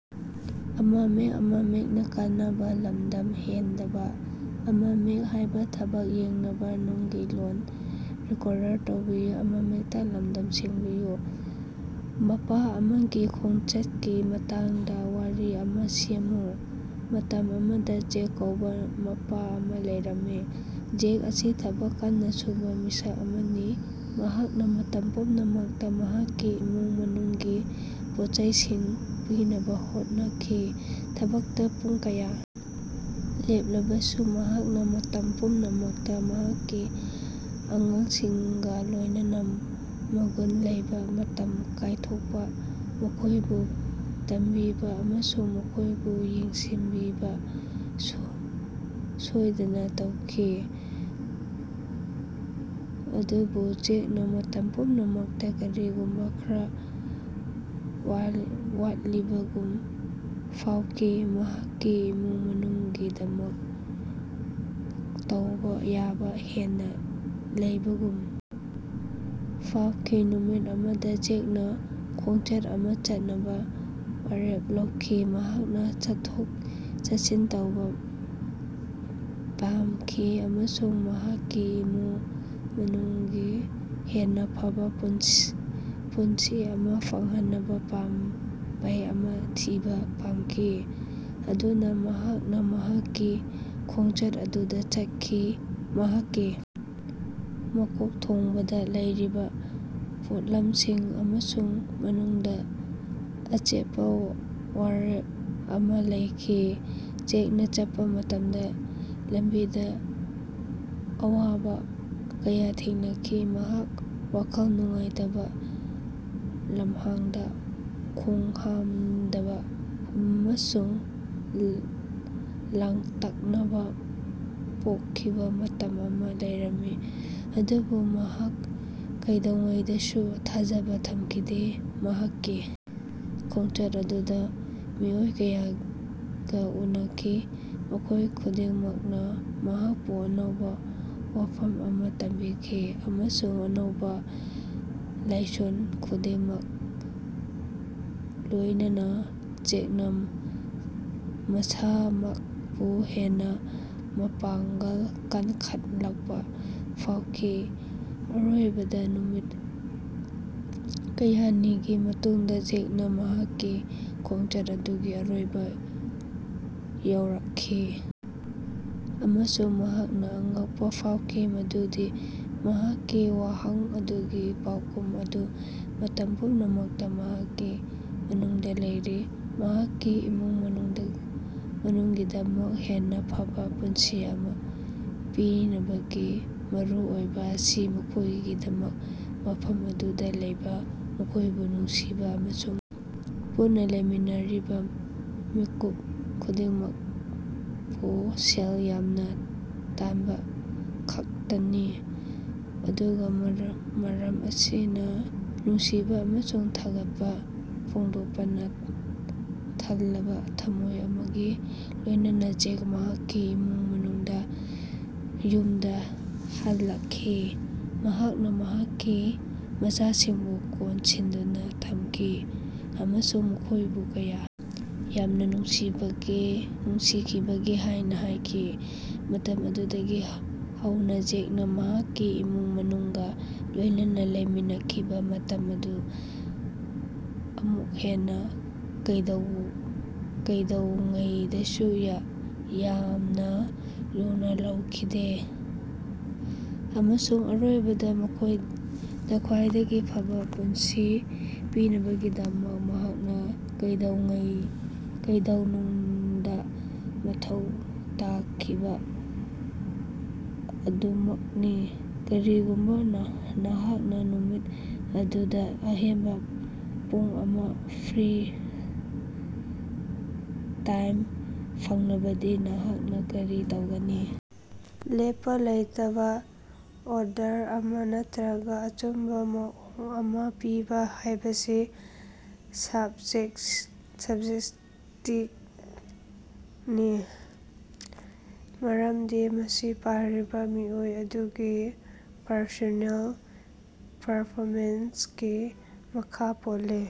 ꯃꯄꯥ ꯑꯃꯒꯤ ꯈꯣꯡꯆꯠꯀꯤ ꯃꯇꯥꯡꯗ ꯋꯥꯔꯤ ꯑꯃ ꯁꯦꯝꯃꯨ꯫ ꯃꯇꯝ ꯑꯃꯗ ꯖꯦꯛ ꯀꯧꯕ ꯃꯄꯥ ꯑꯃ ꯂꯩꯔꯝꯃꯤ꯫ ꯖꯦꯛ ꯑꯁꯤ ꯊꯕꯛ ꯀꯟꯅ ꯁꯨꯕ ꯃꯤꯁꯛ ꯑꯃꯅꯤ, ꯃꯍꯥꯛꯅ ꯃꯇꯝ ꯄꯨꯝꯅꯃꯛꯇ ꯃꯍꯥꯛꯀꯤ ꯏꯃꯨꯡ ꯃꯅꯨꯡꯒꯤ ꯄꯣꯠꯆꯩꯁꯤꯡ ꯄꯤꯅꯕ ꯍꯣꯠꯅꯈꯤ꯫ ꯊꯕꯛꯇ ꯄꯨꯡ ꯀꯌꯥ ꯂꯦꯞꯂꯕꯁꯨ ꯃꯍꯥꯛꯅ ꯃꯇꯝ ꯄꯨꯝꯅꯃꯛꯇ ꯃꯍꯥꯛꯀꯤ ꯑꯉꯥꯡꯁꯤꯡꯒ ꯂꯣꯏꯅꯅ ꯃꯒꯨꯟ ꯂꯩꯕ ꯃꯇꯝ ꯀꯥꯏꯊꯣꯛꯄ, ꯃꯈꯣꯏꯕꯨ ꯇꯝꯕꯤꯕ ꯑꯃꯁꯨꯡ ꯃꯈꯣꯏꯕꯨ ꯌꯦꯡꯁꯤꯟꯕꯤꯕ ꯁꯣꯏꯗꯅ ꯇꯧꯈꯤ꯫ ꯑꯗꯨꯕꯨ ꯖꯦꯛꯅ ꯃꯇꯝ ꯄꯨꯝꯅꯃꯛꯇ ꯀꯔꯤꯒꯨꯝꯕ ꯈꯔ ꯋꯥꯠꯂꯤꯕꯒꯨꯝ ꯐꯥꯎꯈꯤ, ꯃꯍꯥꯛꯀꯤ ꯏꯃꯨꯡ ꯃꯅꯨꯡꯒꯤꯗꯃꯛ ꯇꯧꯕ ꯌꯥꯕ ꯍꯦꯟꯅ ꯂꯩꯕꯒꯨꯝ ꯐꯥꯎꯈꯤ꯫ ꯅꯨꯃꯤꯠ ꯑꯃꯗ ꯖꯦꯛꯅ ꯈꯣꯡꯆꯠ ꯑꯃ ꯆꯠꯅꯕ ꯋꯥꯔꯦꯞ ꯂꯧꯈꯤ꯫ ꯃꯍꯥꯛꯅ ꯆꯠꯊꯣꯛ-ꯆꯠꯁꯤꯟ ꯇꯧꯕ ꯄꯥꯝꯈꯤ ꯑꯃꯁꯨꯡ ꯃꯍꯥꯛꯀꯤ ꯏꯃꯨꯡ ꯃꯅꯨꯡꯒꯤ ꯍꯦꯟꯅ ꯐꯕ ꯄꯨꯟꯁꯤ ꯑꯃ ꯐꯪꯍꯟꯅꯕ ꯄꯥꯝꯕꯩ ꯑꯃ ꯊꯤꯕ ꯄꯥꯝꯈꯤ꯫ ꯑꯗꯨꯅ ꯃꯍꯥꯛꯅ ꯃꯍꯥꯛꯀꯤ ꯈꯣꯡꯆꯠ ꯑꯗꯨꯗ ꯆꯠꯈꯤ, ꯃꯍꯥꯛꯀꯤ ꯃꯀꯣꯛꯊꯣꯡꯕꯗ ꯂꯩꯔꯤꯕ ꯄꯣꯠꯂꯝꯁꯤꯡ ꯑꯃꯁꯨꯡ ꯃꯅꯨꯡꯗ ꯑꯆꯦꯠꯄ ꯋꯥꯔꯦꯞ ꯑꯃ ꯂꯩꯈꯤ꯫ ꯖꯦꯛꯅ ꯆꯠꯄ ꯃꯇꯝꯗ ꯂꯝꯕꯤꯗ ꯑꯋꯥꯕ ꯀꯌꯥ ꯊꯦꯡꯅꯈꯤ꯫ ꯃꯍꯥꯛ ꯋꯥꯈꯜ ꯅꯨꯡꯉꯥꯏꯇꯕ, ꯂꯝꯍꯥꯡꯗ ꯈꯣꯡꯍꯥꯝꯗꯕ ꯑꯃꯁꯨꯡ ꯂꯥꯡꯇꯛꯅꯕ ꯄꯣꯛꯈꯤꯕ ꯃꯇꯝ ꯑꯃ ꯂꯩꯔꯝꯃꯤ ꯑꯗꯨꯕꯨ ꯃꯍꯥꯛ ꯀꯩꯗꯧꯉꯩꯗꯁꯨ ꯊꯥꯖꯕ ꯊꯝꯈꯤꯗꯦ꯫ ꯃꯍꯥꯛꯀꯤ ꯈꯣꯡꯆꯠ ꯑꯗꯨꯗ ꯃꯤꯑꯣꯏ ꯀꯌꯥꯒ ꯎꯅꯈꯤ, ꯃꯈꯣꯏ ꯈꯨꯗꯤꯡꯃꯛꯅ ꯃꯍꯥꯛꯄꯨ ꯑꯅꯧꯕ ꯋꯥꯐꯝ ꯑꯃ ꯇꯝꯕꯤꯈꯤ ꯑꯃꯁꯨꯡ ꯑꯅꯧꯕ ꯂꯥꯏꯁꯣꯟ ꯈꯨꯗꯤꯡꯃꯛꯀ ꯂꯣꯏꯅꯅ ꯖꯦꯛꯅ ꯃꯁꯥꯃꯛꯄꯨ ꯍꯦꯟꯅ ꯃꯄꯥꯡꯒꯜ ꯀꯟꯈꯠꯂꯛꯄ ꯐꯥꯎꯈꯤ꯫ ꯑꯔꯣꯏꯕꯗ ꯅꯨꯃꯤꯠ ꯀꯌꯥꯅꯤꯒꯤ ꯃꯇꯨꯡꯗ ꯖꯦꯛꯅ ꯃꯍꯥꯛꯀꯤ ꯈꯣꯡꯆꯠ ꯑꯗꯨꯒꯤ ꯑꯔꯣꯏꯕ ꯌꯧꯔꯛꯈꯤ ꯑꯃꯁꯨꯡ ꯃꯍꯥꯛꯅ ꯑꯉꯛꯄ ꯐꯥꯎꯈꯤ ꯃꯗꯨꯗꯤ ꯃꯍꯥꯛꯀꯤ ꯋꯥꯍꯪ ꯑꯗꯨꯒꯤ ꯄꯥꯎꯈꯨꯝ ꯑꯗꯨ ꯃꯇꯝ ꯄꯨꯝꯅꯃꯛꯇ ꯃꯍꯥꯛꯀꯤ ꯃꯅꯨꯡꯗ ꯂꯩꯔꯤ꯫ ꯃꯍꯥꯛꯀꯤ ꯏꯃꯨꯡ ꯃꯅꯨꯡꯒꯤꯗꯃꯛ ꯍꯦꯟꯅ ꯐꯕ ꯄꯨꯟꯁꯤ ꯑꯃꯥ ꯄꯤꯅꯕꯒꯤ ꯃꯔꯨ ꯑꯣꯏꯕ ꯑꯁꯤ ꯃꯈꯣꯏꯒꯤꯗꯃꯛ ꯃꯐꯝ ꯑꯗꯨꯗ ꯂꯩꯕ, ꯃꯈꯣꯏꯕꯨ ꯅꯨꯡꯁꯤꯕ ꯑꯃꯁꯨꯡ ꯄꯨꯟꯅ ꯂꯩꯃꯤꯟꯅꯔꯤꯕ ꯃꯤꯀꯨꯞ ꯈꯨꯗꯤꯡꯃꯛꯄꯨ ꯁꯦꯜ ꯌꯥꯝꯅ ꯇꯥꯟꯕ ꯈꯛꯇꯅꯤ꯫ ꯑꯗꯨꯒ ꯃꯔꯝ ꯑꯁꯤꯅ ꯅꯨꯡꯁꯤꯕ ꯑꯃꯁꯨꯡ ꯊꯥꯒꯠꯄ ꯐꯣꯡꯗꯣꯛꯄꯅ ꯊꯜꯂꯕ ꯊꯝꯃꯣꯏ ꯑꯃꯒ ꯂꯣꯏꯅꯅ ꯖꯦꯛ ꯃꯍꯥꯛꯀꯤ ꯏꯃꯨꯡ ꯃꯅꯨꯡꯗ, ꯌꯨꯝꯗ ꯍꯜꯂꯛꯈꯤ꯫ ꯃꯍꯥꯛꯅ ꯃꯍꯥꯛꯀꯤ ꯃꯆꯥꯁꯤꯡꯕꯨ ꯀꯣꯟꯁꯤꯟꯗꯨꯅ ꯊꯝꯈꯤ ꯑꯃꯁꯨꯡ ꯃꯈꯣꯏꯕꯨ ꯀꯌꯥ ꯌꯥꯝꯅ ꯅꯨꯡꯁꯤꯕꯒꯦ ꯅꯨꯡꯁꯤꯈꯤꯕꯒꯦ ꯍꯥꯏꯅ ꯍꯥꯏꯈꯤ꯫ ꯃꯇꯝ ꯑꯗꯨꯗꯒꯤ ꯍꯧꯅ ꯖꯦꯛꯅ ꯃꯍꯥꯛꯀꯤ ꯏꯃꯨꯡ ꯃꯅꯨꯡꯒ ꯂꯣꯏꯅꯅ ꯂꯩꯃꯤꯟꯅꯈꯤꯕ ꯃꯇꯝ ꯑꯗꯨ ꯑꯃꯨꯛ ꯍꯟꯅ ꯀꯩꯗꯧꯉꯩꯗꯁꯨ ꯌꯥꯝꯅ ꯂꯨꯅ ꯂꯧꯈꯤꯗꯦ꯫ ꯑꯃꯁꯨꯡ ꯑꯔꯣꯏꯕꯗ, ꯃꯈꯣꯏꯗ ꯈ꯭ꯋꯥꯏꯗꯒꯤ ꯐꯕ ꯄꯨꯟꯁꯤ ꯄꯤꯅꯕꯒꯤꯗꯃꯛ ꯃꯍꯥꯛꯅ ꯀꯩꯗꯧꯅꯨꯡꯗ ꯃꯊꯧ ꯇꯥꯈꯤꯕ ꯑꯗꯨꯃꯛꯅꯤ꯫ ꯀꯔꯤꯒꯨꯝꯕ ꯅꯍꯥꯛꯅ ꯅꯨꯃꯤꯠ ꯑꯗꯨꯗ ꯑꯍꯦꯟꯕ ꯄꯨꯡ ꯑꯃ ꯐ꯭ꯔꯤ ꯇꯥꯏꯝ ꯐꯪꯂꯕꯗꯤ ꯅꯍꯥꯛꯅ ꯀꯔꯤ ꯇꯧꯒꯅꯤ? ꯂꯦꯞꯄ ꯂꯩꯇꯕ ꯑꯣꯔꯗꯔ ꯑꯃ ꯅꯠꯇ꯭ꯔꯒ ꯑꯆꯨꯝꯕ ꯃꯑꯣꯡ ꯑꯃ ꯄꯤꯕ ꯍꯥꯢꯕꯁꯤ ꯁꯕꯖꯦꯛꯇꯤꯚꯅꯤ, ꯃꯔꯝꯗꯤ ꯃꯁꯤ ꯄꯥꯔꯤꯕ ꯃꯤꯑꯣꯏ ꯑꯗꯨꯒꯤ ꯄꯔꯁꯣꯅꯦꯜ ꯄ꯭ꯔꯥꯐꯣꯃꯦꯟꯁꯀꯤ ꯃꯈꯥ ꯄꯣꯜꯂꯤ꯫